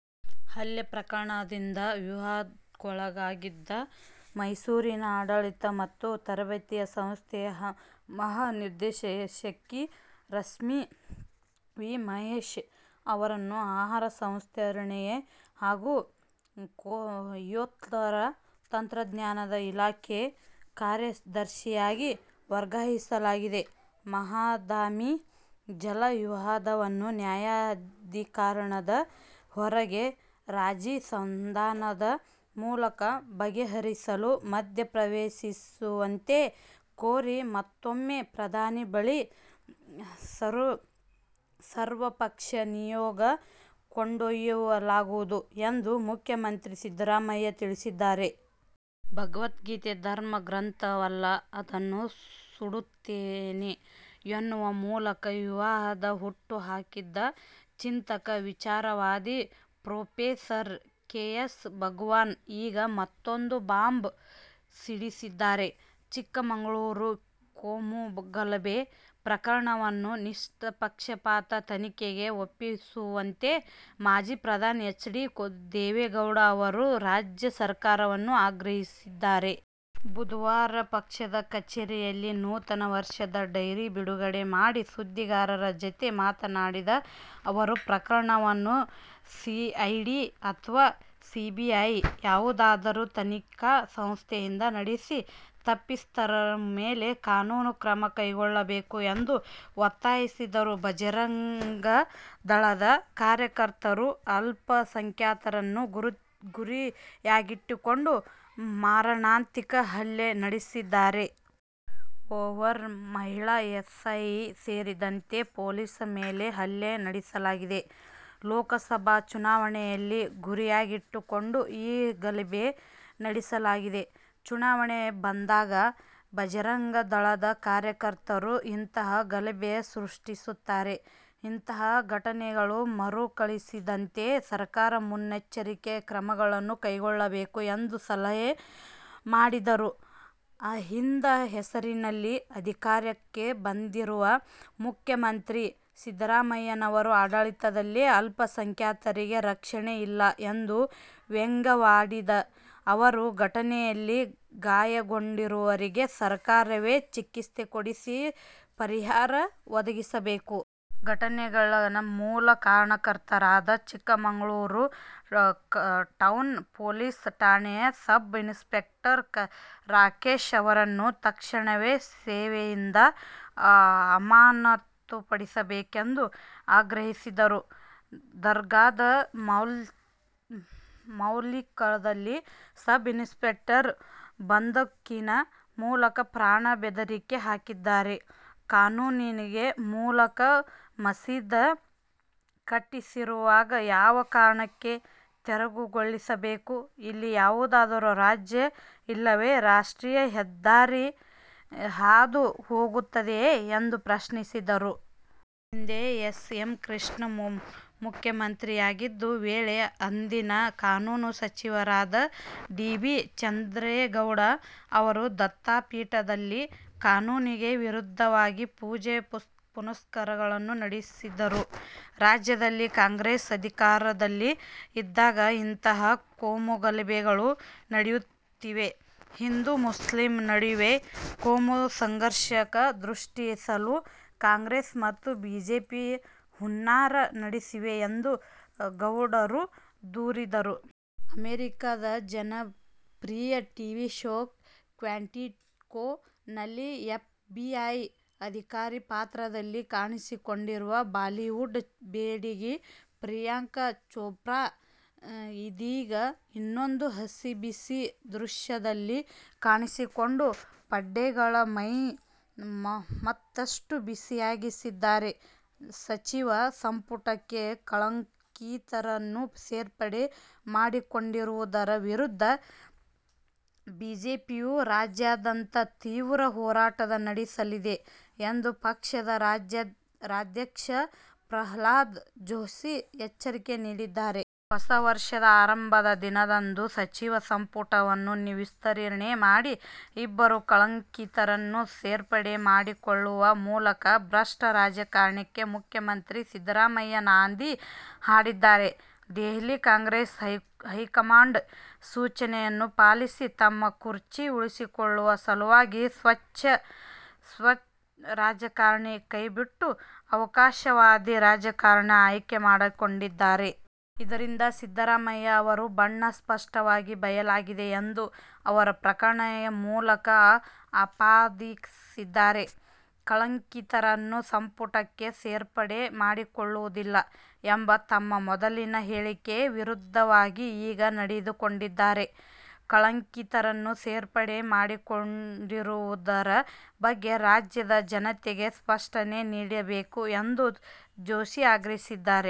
ಹಲ್ಲೆ ಪ್ರಕರಣದಿಂದ ವಿವಾದಕ್ಕೊಳಗಾಗಿದ್ದ ಮೈಸೂರಿನ ಆಡಳಿತ ಮತ್ತು ತರಬೇತಿ ಸಂಸ್ಥೆಯ ಮಹಾನಿರ್ದೇಶಕಿ ರಶ್ಮಿ ವಿ. ಮಹೇಶ್ ಅವರನ್ನು ಆಹಾರ ಸಂಸ್ಕರಣೆ ಹಾಗೂ ಕೊಯ್ಲೋತ್ತರ ತಂತ್ರಜ್ಞಾನ ಇಲಾಖೆ ಕಾರ್ಯದರ್ಶಿಯಾಗಿ ವರ್ಗಾಯಿಸಲಾಗಿದೆ. ಮಹದಾಯಿ ಜಲ ವಿವಾದವನ್ನು ನ್ಯಾಯಾಧಿಕರಣದ ಹೊರಗೆ ರಾಜಿ ಸಂಧಾನದ ಮೂಲಕ ಬಗೆಹರಿಸಲು ಮಧ್ಯಪ್ರವೇಶಿಸುವಂತೆ ಕೋರಿ ಮತ್ತೂಮ್ಮೆ ಪ್ರಧಾನಿ ಬಳಿ ಸರ್ವಪಕ್ಷ ನಿಯೋಗ ಕೊಂಡೊಯ್ಯಲಾಗುವುದು ಎಂದು ಮುಖ್ಯಮಂತ್ರಿ ಸಿದ್ದರಾಮಯ್ಯ ತಿಳಿಸಿದ್ದಾರೆ. ಭಗವದ್ಗೀತೆ ಧರ್ಮ ಗ್ರಂಥವಲ್ಲ. ಅದನ್ನು ಸುಡುತ್ತೇನೆ ಎನ್ನುವ ಮೂಲಕ ವಿವಾದ ಹುಟ್ಟುಹಾಕಿದ್ದ ಚಿಂತಕ, ವಿಚಾರವಾದಿ ಪ್ರೊಫೆಸರ್. ಕೆ. ಎಸ್. ಭಗವಾನ್ ಈಗ ಮತ್ತೊಂದು ಬಾಂಬ್ ಸಿಡಿಸಿದ್ದಾರೆ. ಚಿಕ್ಕಮಗಳೂರು ಕೋಮುಗಲಭೆ ಪ್ರಕರಣವನ್ನು ನಿಷ್ಪಕ್ಷಪಾತ ತನಿಖೆಗೆ ಒಪ್ಪಿಸುವಂತೆ ಮಾಜಿ ಪ್ರಧಾನಿ ಎಚ್. ಡಿ. ದೇವೇಗೌಡ ಅವರು ರಾಜ್ಯ ಸರ್ಕಾರವನ್ನು ಆಗ್ರಹಿಸಿದ್ದಾರೆ. ಬುಧವಾರ ಪಕ್ಷದ ಕಚೇರಿಯಲ್ಲಿ ನೂತನ ವರ್ಷದ ಡೈರಿ ಬಿಡುಗಡೆ ಮಾಡಿ ಸುದ್ದಿಗಾರರ ಜತೆ ಮಾತನಾಡಿದ ಅವರು, ಪ್ರಕರಣವನ್ನು ಸಿಐಡಿ ಅಥವಾ ಸಿಬಿಐ ಯಾವುದಾದರೂ ತನಿಖಾ ಸಂಸ್ಥೆಯಿಂದ ನಡೆಸಿ ತಪ್ಪಿತಸ್ಥರ ಮೇಲೆ ಕಾನೂನು ಕ್ರಮ ಕೈಗೊಳ್ಳಬೇಕು ಎಂದು ಒತ್ತಾಯಿಸಿದರು. ಭಜರಂಗ ದಳದ ಕಾರ್ಯಕರ್ತರು, ಅಲ್ಪಸಂಖ್ಯಾತರನ್ನು ಗುರಿಯಾಗಿಟ್ಟುಕೊಂಡು ಮಾರಣಾಂತಿಕ ಹಲ್ಲೆ ನಡೆಸಿದ್ದಾರೆ. ಓರ್ವ ಮಹಿಳಾ ಎಸ್ಐ ಸೇರಿದಂತೆ ಪೊಲೀಸರ ಮೇಲೆ ಹಲ್ಲೆ ನಡೆಸಲಾಗಿದೆ. ಲೋಕಸಬಾ ಚುನಾವಣೆಯನ್ನು ಗುರಿಯಾಗಿಟ್ಟುಕೊಂಡು ಈ ಗಲಭೆ ನಡೆಸಲಾಗಿದೆ. ಚುನಾವಣೆ ಬಂದಾಗ ಭಜರಂಗ ದಳದ ಕಾರ್ಯಕರ್ತರು ಇಂತಹ ಗಲಭೆ ಸೃಷ್ಟಿಸುತ್ತಾರೆ. ಇಂತಹ ಘಟನೆಗಳು ಮರುಕಳಿಸಿದಂತೆ ಸರ್ಕಾರ ಮುನ್ನಚ್ಚರಿಕ ಕ್ರಮಗಳನ್ನು ಕೈಗೊಳ್ಳಬೇಕು ಎಂದು ಸಲಹೆ ಮಾಡಿದರು. ಅಹಿಂದ ಹೆಸರಿನಲ್ಲಿ ಅಧಿಕಾರಕ್ಕೆ ಬಂದಿರುವ ಮುಖ್ಯಮಂತ್ರಿ ಸಿದ್ದರಾಮಯ್ಯನವರ ಆಡಳಿತದಲ್ಲೇ ಅಲ್ಪಸಂಖ್ಯಾತರಿಗೆ ರಕ್ಷಣೆ ಇಲ್ಲ ಎಂದು ವ್ಯಂಗ್ಯವಾಡಿದ ಅವರು, ಘಟನೆಯಲ್ಲಿ ಗಾಯಗೊಂಡವರಿಗೆ ಸರ್ಕಾರವೇ ಚಿಕಿತ್ಸೆ ಕೊಡಿಸಿ ಪರಿಹಾರ ಒದಗಿಸಬೇಕು. ಘಟನೆಗೆ ಮೂಲ ಕಾರಣಕರ್ತರಾದ ಚಿಕ್ಕಮಗಳೂರು ಟೌನ್ ಪೊಲೀಸ್ ಠಾಣೆಯ ಸಬ್ ಇನ್ಸ್ಪೆಕ್ಟರ್ ರಾಕೇಶ್ ಅವರನ್ನು ತಕ್ಷಣವೇ ಸೇವೆಯಿಂದ ಅಮಾನತುಪಡಿಸಬೇಕೆಂದು ಆಗ್ರಹಿಸಿದರು. ದರ್ಗಾದ ಮೌಲ್ವಿಗಳಿಗೆ ಸಬ್ ಇನ್ಸ್ಪೆಕ್ಟರ್ ಬಂದೂಕಿನ ಮೂಲಕ ಪ್ರಾಣ ಬೆದರಿಕೆ ಹಾಕಿದ್ದಾರೆ. ಕಾನೂನಿನ ಮೂಲಕ ಮಸೀದಿ ಕಟ್ಟಿಸಿರುವಾಗ ಯಾವ ಕಾರಣಕ್ಕೆ ತೆರವುಗೊಳಿಸಬೇಕು. ಇಲ್ಲಿ ಯಾವುದಾದರೂ ರಾಜ್ಯ ಇಲ್ಲವೇ ರಾಷ್ಟ್ರೀಯ ಹೆದ್ದಾರಿ ಹಾದು ಹೋಗುತ್ತದೆಯೇ ಎಂದು ಪ್ರಶ್ನಿಸಿದರು. ಈ ಹಿಂದೆ ಎಸ್. ಎಂ ಕೃಷ್ಣ ಮುಖ್ಯಮಂತ್ರಿಯಾಗಿದ್ದ ವೇಳೆ ಅಂದಿನ ಕಾನೂನು ಸಚಿವರಾದ ಡಿ. ಬಿ. ಚಂದ್ರೇಗೌಡ ಅವರು, ದತ್ತಾಪೀಠದಲ್ಲಿ ಕಾನೂನಿಗೆ ವಿರುದ್ದವಾಗಿ ಪೂಜೆ ಪುನಸ್ಕರಗಳನ್ನು ನಡೆಸಿದರು. ರಾಜ್ಯದಲ್ಲಿ ಕಾಂಗ್ರೆಸ್ ಅಧಿಕಾರದಲ್ಲಿ ಇದ್ದಾಗ ಇಂತಹ ಕೋಮುಗಲಬೆಗಳು ನಡೆಯುತ್ತಿವೆ. ಹಿಂದೂ ಮುಸ್ಲಿಂ ನಡುವೆ ಕೋಮುಸಂಘರ್ಷ ಸೃಷ್ಟಿಸಲು ಕಾಂಗ್ರೆಸ್ ಮತ್ತು ಬಿಜೆಪಿ ಹುನ್ನಾರ ನಡೆಸಿವೆ ಎಂದು ಗೌಡರು ದೂರಿದರು. ಅಮೆರಿಕಾದ ಜನಪ್ರಿಯ ಟಿವಿ ಶೋ ಕ್ವಾಂಟಿಕೊ ನಲ್ಲಿ ಎಫ್. ಬಿ. ಐ ಅಧಿಕಾರಿ ಪಾತ್ರದಲ್ಲಿ ಕಾಣಿಸಿಕೊಂಡಿರುವ ಬಾಲಿವುಡ್ ಬೆಡಗಿ ಪ್ರಿಯಾಂಕಾ ಚೋಪ್ರಾ ಇದೀಗ ಇನ್ನೊಂದು ಹಸಿಬಿಸಿ ದೃಶ್ಯದಲ್ಲಿ ಕಾಣಿಸಿಕೊಂಡು ಪಡ್ಡೆಗಳ ಮೈ ಮತ್ತಷ್ಟು ಬಿಸಿಯಾಗಿಸಿದ್ದಾರೆ. ಸಚಿವ ಸಂಪುಟಕ್ಕೆ ಕಳಂಕಿತರನ್ನು ಸೇರ್ಪಡೆ ಮಾಡಿಕೊಂಡಿರುವುದರ ವಿರುದ್ಧ ಬಿಜೆಪಿಯು ರಾಜ್ಯಾದ್ಯಂತ ತೀವ್ರ ಹೋರಾಟ ನಡೆಸಲಿದೆ ಎಂದು ಪಕ್ಷದ ರಾಜ್ಯಾಧ್ಯಕ್ಷ ಪ್ರಹ್ಲಾದ್ ಜೋಶಿ ಎಚ್ಚರಿಕೆ ನೀಡಿದ್ದಾರೆ. ಹೊಸ ವರ್ಷದ ಆರಂಭದ ದಿನದಂದು ಸಚಿವ ಸಂಪುಟವನ್ನು ವಿಸ್ತರಣೆ ಮಾಡಿ ಇಬ್ಬರು ಕಳಂಕಿತರನ್ನು ಸೇರ್ಪಡೆ ಮಾಡಿಕೊಳ್ಳುವ ಮೂಲಕ ಭ್ರಷ್ಟ ರಾಜಕಾರಣಕ್ಕೆ ಮುಖ್ಯಮಂತ್ರಿ ಸಿದ್ದರಾಮಯ್ಯ ನಾಂದಿ ಹಾಡಿದ್ದಾರೆ. ದೆಹಲಿಯ ಕಾಂಗ್ರೆಸ್ ಹೈಕಮಾಂಡ್ ಸೂಚನೆಯನ್ನು ಪಾಲಿಸಿ ತಮ್ಮ ಕುರ್ಚಿ ಉಳಿಸಿಕೊಳ್ಳುವ ಸಲುವಾಗಿ ಸ್ವತ್ಛ ರಾಜಕಾರಣ ಕೈಬಿಟ್ಟು ಅವಕಾಶವಾದಿ ರಾಜಕಾರಣ ಆಯ್ಕೆ ಮಾಡಿಕೊಂಡಿದ್ದಾರೆ. ಇದರಿಂದ ಸಿದ್ದರಾಮಯ್ಯ ಅವರ ಬಣ್ಣ ಸ್ಪಷ್ಟವಾಗಿ ಬಯಲಾಗಿದೆ ಎಂದು ಅವರು ಪ್ರಕಟಣೆ ಮೂಲಕ ಆಪಾದಿಸಿದ್ದಾರೆ. ಕಳಂಕಿತರನ್ನು ಸಂಪುಟಕ್ಕೆ ಸೇರ್ಪಡೆ ಮಾಡಿಕೊಳ್ಳುವುದಿಲ್ಲ ಎಂಬ ತಮ್ಮ ಮೊದಲಿನ ಹೇಳಿಕೆಯ ವಿರುದ್ಧವಾಗಿ ಈಗ ನಡೆದುಕೊಂಡಿದ್ದಾರೆ. ಕಳಂಕಿತರನ್ನು ಸೇರ್ಪಡೆ ಮಾಡಿಕೊಂಡಿರುವುದರ ಬಗ್ಗೆ ರಾಜ್ಯದ ಜನತೆಗೆ ಸ್ಪಷ್ಟನೆ ನೀಡಬೇಕು ಎಂದೂ ಜೋಶಿ ಆಗ್ರಹಿಸಿದ್ದಾರೆ.